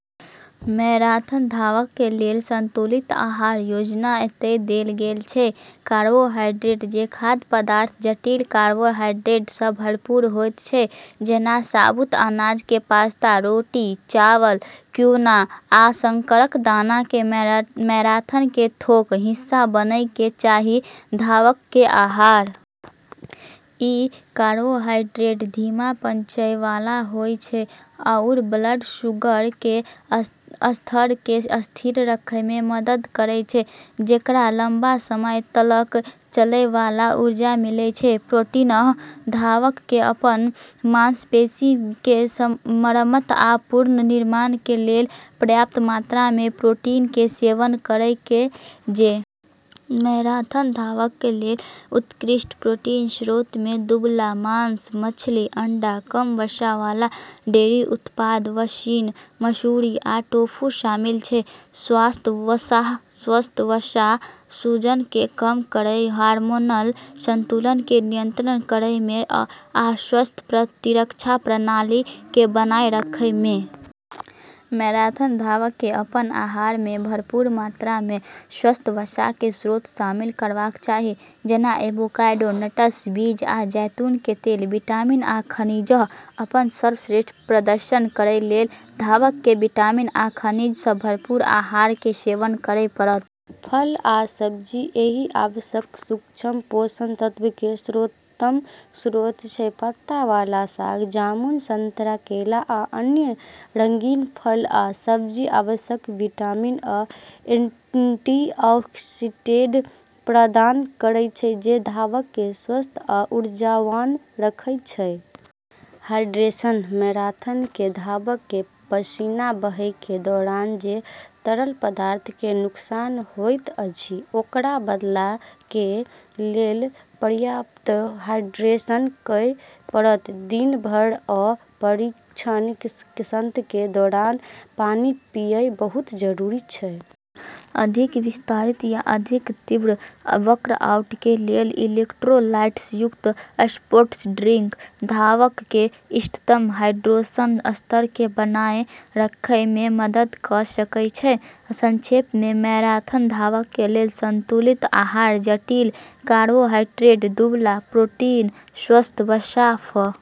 Marathon धावक के लेल संतुलित आहार योजना एतय देल गेल छै: कार्बोहाइड्रेट: जे खाद्य पदार्थ जटिल कार्बोहाइड्रेट सँ भरपूर होइत छै- जेना साबुत अनाज के पास्ता, रोटी, चावल, क्विनोआ, आ शकरकंद, के मैराथन के थोक हिस्सा बनय के चाही धावक के आहार। ई कार्बोहाइड्रेट धीमा पचय वाला होय छै आरू ब्लड शुगर के स्तर क॑ स्थिर रखै म॑ मदद करै छै, जेकरा स॑ लंबा समय तलक चलै वाला ऊर्जा मिलै छै। प्रोटीन: धावक के अपन मांसपेशी के मरम्मत आ पुनर्निर्माण के लेल पर्याप्त मात्रा मे प्रोटीन के सेवन करय के जरूरत छै। मैराथन धावक के लेल उत्कृष्ट प्रोटीन स्रोत मे दुबला मांस, मछली, अंडा, कम वसा वाला डेयरी उत्पाद, बीन्स, मसुरी, आ टोफू शामिल छै। स्वस्थ वसा: स्वस्थ वसा सूजन के कम करय, हार्मोनल संतुलन के नियंत्रित करय मे, आ स्वस्थ प्रतिरक्षा प्रणाली के बनाए रखय मे अहम भूमिका निभाबैत अछि। मैराथन धावक के अपन आहार मे भरपूर मात्रा मे स्वस्थ वसा के स्रोत शामिल करबाक चाही, जेना एवोकैडो, नट्स, बीज, आ जैतून के तेल। विटामिन आ खनिज: अपन सर्वश्रेष्ठ प्रदर्शन करय लेल धावक के विटामिन आ खनिज सँ भरपूर आहार के सेवन करय पड़त। फल आ सब्जी एहि आवश्यक सूक्ष्म पोषक तत्व के सर्वोत्तम स्रोत छै। पत्ता वाला साग, जामुन, संतरा, केला, आ अन्य रंगीन फल आ सब्जी आवश्यक विटामिन आ एंटीऑक्सीडेंट प्रदान करैत छै जे धावक के स्वस्थ आ ऊर्जावान रखैत छै। हाइड्रेशन: मैराथन धावक के पसीना बहय के दौरान जे तरल पदार्थ के नुकसान होइत अछि ओकरा बदलय के लेल पर्याप्त हाइड्रेशन करय पड़त। दिन भर आ प्रशिक्षण सत्र के दौरान पानी पीनाय बहुत जरूरी छै। अधिक विस्तारित या अधिक तीव्र वर्कआउट के लेल, इलेक्ट्रोलाइट्स युक्त स्पोर्ट्स ड्रिंक धावक के इष्टतम हाइड्रेशन स्तर के बनाए रखय मे मदद कऽ सकय छै। संक्षेप मे, मैराथन धावक के लेल संतुलित आहार जटिल कार्बोहाइड्रेट, दुबला प्रोटीन, स्वस्थ वसा, फल, आ सब्जी पर आधारित होबाक चाही, जहि मे ओकर प्रशिक्षण आ रेसिंग लक्ष्य के समर्थन करय के लेल पर्याप्त हाइड्रेशन होयबाक चाही।